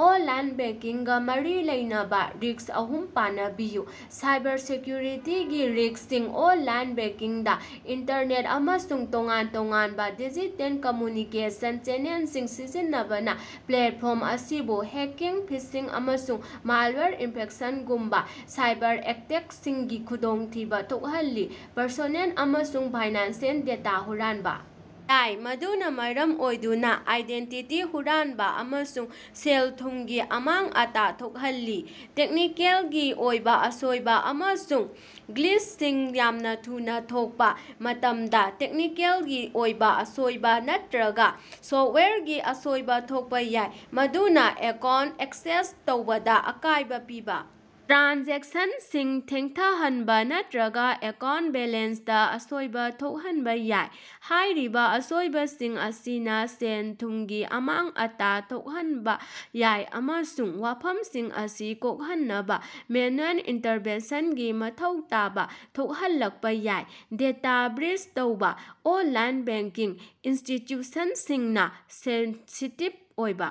Online ꯕꯦꯡꯀꯤꯡꯒ ꯃꯔꯤ ꯂꯩꯅꯕ ꯔꯤꯁ꯭ꯛ ꯑꯍꯨꯝ ꯄꯅꯕꯤꯌꯨ꯫ ꯁꯥꯏꯕꯔꯁꯦꯛꯌꯨꯔꯤꯇꯤꯒꯤ ꯔꯤꯁ꯭ꯀꯁꯤꯡ- ꯑꯣꯟꯂꯥꯏꯟ ꯕꯦꯡꯀꯤꯡꯗ ꯏꯟꯇꯔꯅꯦꯠ ꯑꯃꯁꯨꯡ ꯇꯣꯉꯥꯟ-ꯇꯣꯉꯥꯟꯕ ꯗꯤꯖꯤꯇꯦꯜ ꯀꯝꯃꯨꯅꯤꯀꯦꯁꯟ ꯆꯦꯅꯦꯜꯁꯤꯡ ꯁꯤꯖꯤꯟꯅꯕꯅ ꯄ꯭ꯂꯦꯠꯐꯣꯔꯝ ꯑꯁꯤꯕꯨ ꯍꯦꯛꯀꯤꯡ, ꯐꯤꯁꯤꯡ, ꯑꯃꯁꯨꯡ ꯃꯥꯜꯋ꯭ꯌꯥꯔ ꯏꯟꯐꯦꯛꯁꯟꯒꯨꯝꯕ ꯁꯥꯏꯕꯔꯑꯦꯇꯦꯛꯁꯤꯡꯒꯤ ꯈꯨꯗꯣꯡꯊꯤꯕ ꯊꯣꯛꯍꯜꯂꯤ꯫ ꯄ꯭ꯔꯁꯣꯅꯦꯜ ꯑꯃꯁꯨꯡ ꯐꯥꯏꯅꯥꯟꯁꯤꯑꯦꯜ ꯗꯦꯇꯥ ꯍꯨꯔꯥꯟꯕ ꯌꯥꯏ, ꯃꯗꯨꯅ ꯃꯔꯝ ꯑꯣꯏꯗꯨꯅ ꯑꯥꯏꯗꯦꯟꯇꯤꯇꯤ ꯍꯨꯔꯥꯟꯕ ꯑꯃꯁꯨꯡ ꯁꯦꯜ-ꯊꯨꯝꯒꯤ ꯑꯃꯥꯡ-ꯑꯇꯥ ꯊꯣꯛꯍꯜꯂꯤ꯫ ꯇꯦꯛꯅꯤꯀꯦꯜꯒꯤ ꯑꯣꯏꯕ ꯑꯁꯣꯢꯕ ꯑꯃꯁꯨꯡ ꯒ꯭ꯂꯤꯆꯁꯤꯡ ꯌꯥꯝꯅ ꯊꯨꯅ ꯊꯣꯛꯄ ꯃꯇꯝꯗ, ꯇꯦꯛꯅꯤꯀꯦꯜꯒꯤ ꯑꯣꯏꯕ ꯑꯁꯣꯢꯕ ꯅꯠꯇ꯭ꯔꯒ ꯁꯣꯐꯋ꯭ꯌꯥꯔꯒꯤ ꯑꯁꯣꯏꯕ ꯊꯣꯛꯄ ꯌꯥꯏ, ꯃꯗꯨꯅ ꯑꯦꯀꯥꯎꯟꯇ ꯑꯦꯛꯁꯦꯁ ꯇꯧꯕꯗ ꯑꯀꯥꯢꯕ ꯄꯤꯕ, ꯇ꯭ꯔꯥꯟꯖꯦꯛꯁꯟꯁꯤꯡ ꯊꯦꯡꯊꯥꯍꯟꯕ ꯅꯠꯇ꯭ꯔꯒ ꯑꯦꯀꯥꯎꯟꯇ ꯕꯦꯂꯦꯟꯁꯇꯥ ꯑꯁꯣꯢꯕ ꯊꯣꯛꯍꯟꯕ ꯌꯥꯏ꯫ ꯍꯥꯏꯔꯤꯕ ꯑꯁꯣꯏꯕꯁꯤꯡ ꯑꯁꯤꯅ ꯁꯦꯜ-ꯊꯨꯝꯒꯤ ꯑꯃꯥꯡ-ꯑꯇꯥ ꯊꯣꯛꯍꯟꯕ ꯌꯥꯏ ꯑꯃꯁꯨꯡ ꯋꯥꯐꯝꯁꯤꯡ ꯑꯁꯤ ꯀꯣꯛꯍꯟꯅꯕ ꯃꯦꯅꯨꯑꯦꯜ ꯏꯟꯇ꯭ꯔꯚꯦꯟꯁꯟꯒꯤ ꯃꯊꯧ ꯇꯥꯕ ꯊꯣꯛꯍꯜꯂꯛꯄ ꯌꯥꯏ꯫ ꯗꯦꯇꯥ ꯕ꯭ꯔꯤꯆ ꯇꯧꯕ ꯑꯣꯟꯂꯥꯏꯟ ꯕꯦꯡꯀꯤꯡ ꯏꯟꯁꯇꯤꯇ꯭ꯌꯨꯁꯟꯁꯤꯡꯅ ꯁꯦꯟꯁꯤꯇꯤꯚ ꯑꯣꯏꯕ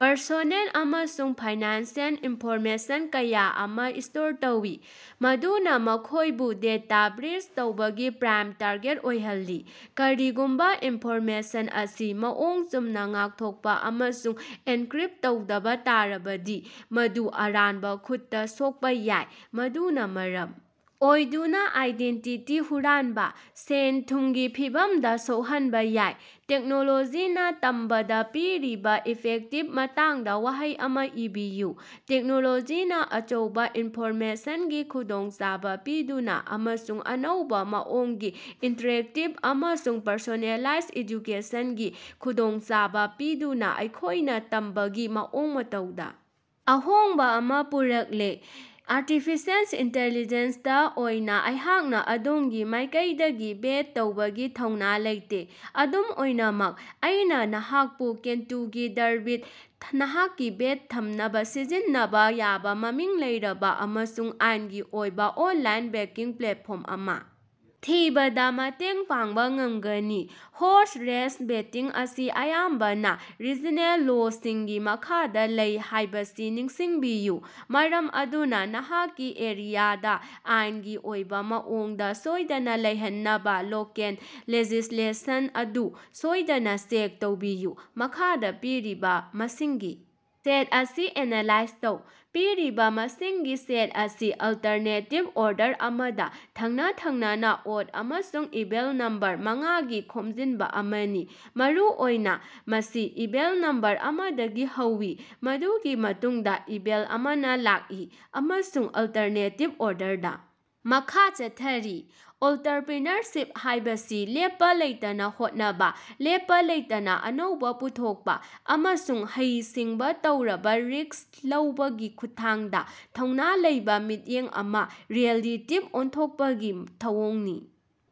ꯄꯔꯁꯣꯅꯦꯜ ꯑꯃꯁꯨꯡ ꯐꯥꯏꯅꯥꯟꯁꯤꯑꯦꯜ ꯏꯟꯐꯣꯔꯃꯦꯁꯟ ꯀꯌꯥ ꯑꯃ ꯁ꯭ꯇꯣꯔ ꯇꯧꯏ꯫ ꯃꯗꯨꯅ ꯃꯈꯣꯢꯕꯨ ꯗꯦꯇꯥ ꯕ꯭ꯔꯤꯆ ꯇꯧꯕꯒꯤ ꯄ꯭ꯔꯥꯏꯝ ꯇꯥꯔꯒꯦꯠ ꯑꯣꯏꯍꯜꯂꯤ꯫ ꯀꯔꯤꯒꯨꯝꯕ ꯏꯟꯐꯣꯔꯃꯦꯁꯟ ꯑꯁꯤ ꯃꯑꯣꯡ ꯆꯨꯝꯅ ꯉꯥꯛꯊꯣꯛꯄ ꯑꯃꯁꯨꯡ ꯑꯦꯟꯀ꯭ꯔꯤꯞꯇ ꯇꯧꯗꯕ ꯇꯥꯔꯕꯗꯤ, ꯃꯗꯨ ꯑꯔꯥꯟꯕ ꯈꯨꯠꯇ ꯁꯣꯛꯄ ꯌꯥꯏ, ꯃꯗꯨꯅ ꯃꯔꯝ ꯑꯣꯏꯗꯨꯅ ꯑꯥꯏꯗꯦꯟꯇꯤꯇꯤ ꯍꯨꯔꯥꯟꯕ, ꯁꯦꯜ-ꯊꯨꯝꯒꯤ ꯐꯤꯚꯝꯗ ꯁꯣꯛꯍꯟꯕ ꯌꯥꯏ꯫ ꯇꯦꯛꯅꯣꯂꯣꯖꯤꯅ ꯇꯝꯕꯗ ꯄꯤꯔꯤꯕ ꯏꯐꯦꯛꯀꯤ ꯃꯇꯥꯡꯗ ꯋꯥꯍꯩ ꯑꯃ ꯏꯕꯤꯌꯨ꯫ ꯇꯦꯛꯅꯣꯂꯣꯖꯤꯅ ꯑꯆꯧꯕ ꯏꯟꯐꯣꯔꯃꯦꯁꯟꯒꯤ ꯈꯨꯗꯣꯡꯆꯥꯕ ꯄꯤꯗꯨꯅ ꯑꯃꯁꯨꯡ ꯑꯅꯧꯕ ꯃꯑꯣꯡꯒꯤ ꯏꯟꯇ꯭ꯔꯦꯛꯇꯤꯞ ꯑꯃꯁꯨꯡ ꯄꯔꯁꯣꯅꯦꯂꯥꯏꯖ ꯑꯦꯗꯨꯀꯦꯁꯟꯒꯤ ꯈꯨꯗꯣꯡꯆꯥꯕ ꯄꯤꯗꯨꯅ ꯑꯩꯈꯣꯢꯅ ꯇꯝꯕꯒꯤ ꯃꯑꯣꯡ ꯃꯇꯧꯗ ꯑꯍꯣꯡꯕ ꯑꯃ ꯄꯨꯔꯛꯂꯦ꯫ ꯑꯔꯇꯤꯐꯤꯁꯦꯜ ꯑꯟꯇꯤꯂꯤꯖꯦꯟꯇ ꯑꯣꯏꯅ ꯑꯩꯍꯥꯛꯅ ꯑꯗꯣꯝꯒꯤ ꯃꯥꯢꯀꯩꯗꯒꯤ ꯕꯦꯠ ꯇꯧꯕꯒꯤ ꯊꯧꯅ ꯂꯩꯇꯦ꯫ ꯑꯗꯨꯝ ꯑꯣꯏꯅꯃꯛ, ꯑꯩꯅ ꯅꯍꯥꯛꯄꯨ ꯀꯦꯟꯇꯨꯀꯤ ꯗꯔꯕꯤꯗ ꯅꯍꯥꯛꯀꯤ ꯕꯦꯠ ꯊꯝꯅꯕ ꯁꯤꯖꯤꯟꯅꯕ ꯌꯥꯕ ꯃꯃꯤꯡ ꯂꯩꯔꯕ ꯑꯃꯁꯨꯡ ꯑꯥꯏꯟꯒꯤ ꯑꯣꯏꯕ ꯑꯣꯟꯂꯥꯏꯟ ꯕꯦꯇꯤꯡ ꯄ꯭ꯂꯦꯠꯐꯣꯔꯝ ꯑꯃ ꯊꯤꯕꯗ ꯃꯇꯦꯡ ꯄꯥꯡꯕ ꯉꯝꯒꯅꯤ꯫ ꯍꯣꯔꯁ ꯔꯦꯁ ꯕꯦꯇꯤꯡ ꯑꯁꯤ ꯑꯌꯥꯝꯕꯅ ꯔꯤꯖꯅꯦꯜ ꯂꯣꯁꯤꯡꯒꯤ ꯃꯈꯥꯗ ꯂꯩ ꯍꯥꯢꯕꯁꯤ ꯅꯤꯡꯁꯤꯡꯕꯤꯌꯨ ꯃꯔꯝ ꯑꯗꯨꯅ ꯅꯍꯥꯛꯀꯤ ꯑꯦꯔꯤꯌꯥꯗ ꯑꯥꯏꯟꯒꯤ ꯑꯣꯏꯕ ꯃꯑꯣꯡꯗ ꯁꯣꯢꯗꯅ ꯂꯩꯍꯟꯅꯕ ꯂꯣꯀꯦꯜ ꯂꯦꯖꯤꯁ꯭ꯂꯦꯁꯟ ꯑꯗꯨ ꯁꯣꯢꯗꯅ ꯆꯦꯛ ꯇꯧꯕꯤꯌꯨ꯫ ꯃꯈꯥꯗ ꯄꯤꯔꯤꯕ ꯃꯁꯤꯡꯒꯤ ꯁꯦꯠ ꯑꯁꯤ ꯑꯦꯟꯅꯂꯥꯏꯖ ꯇꯧ꯫ ꯄꯤꯔꯤꯕ ꯃꯁꯤꯡꯒꯤ ꯁꯦꯠ ꯑꯁꯤ ꯑꯜꯇ꯭ꯔꯅꯦꯇꯤꯕ ꯑꯣꯔꯗꯔ ꯑꯃꯗ ꯊꯪꯅ-ꯊꯪꯅꯅ ꯑꯣꯗ ꯑꯃꯁꯨꯡ ꯏꯚꯦꯟ ꯅꯝꯕꯔ ꯃꯉꯥꯒꯤ ꯈꯣꯝꯖꯤꯟꯕ ꯑꯃꯅꯤ꯫ ꯃꯔꯨꯑꯣꯏꯅ, ꯃꯁꯤ ꯏꯚꯦꯟ ꯅꯝꯕꯔ ꯑꯃꯗꯒꯤ ꯍꯧꯏ, ꯃꯗꯨꯒꯤ ꯃꯇꯨꯡꯗ ꯏꯚꯦꯟ ꯑꯃꯅ ꯂꯥꯀꯏ ꯑꯃꯁꯨꯡ ꯑꯜꯇ꯭ꯔꯅꯦꯇꯤꯕ ꯑꯣꯔꯗꯔꯗ ꯃꯈꯥ ꯆꯠꯊꯔꯤ꯫ ꯑꯣꯟꯇ꯭ꯔꯄ꯭ꯔꯤꯅꯔꯁꯤꯞ ꯍꯥꯢꯕꯁꯤ ꯂꯦꯞꯄ ꯂꯩꯇꯅ ꯍꯣꯠꯅꯕ, ꯂꯦꯞꯄ ꯂꯩꯇꯅ ꯑꯅꯧꯕ ꯄꯨꯊꯣꯛꯄ, ꯑꯃꯁꯨꯡ ꯍꯩ ꯁꯤꯡꯕ ꯇꯧꯔꯕ ꯔꯤꯁ꯭ꯛ ꯂꯧꯕꯒꯤ ꯈꯨꯠꯊꯥꯡꯗ ꯊꯧꯅ ꯂꯩꯕ ꯃꯤꯠꯌꯦꯡ ꯑꯃ ꯔꯤꯑꯦꯂꯤꯇꯤꯗ ꯑꯣꯟꯊꯣꯛꯄꯒꯤ ꯊꯧꯑꯣꯡꯅꯤ꯫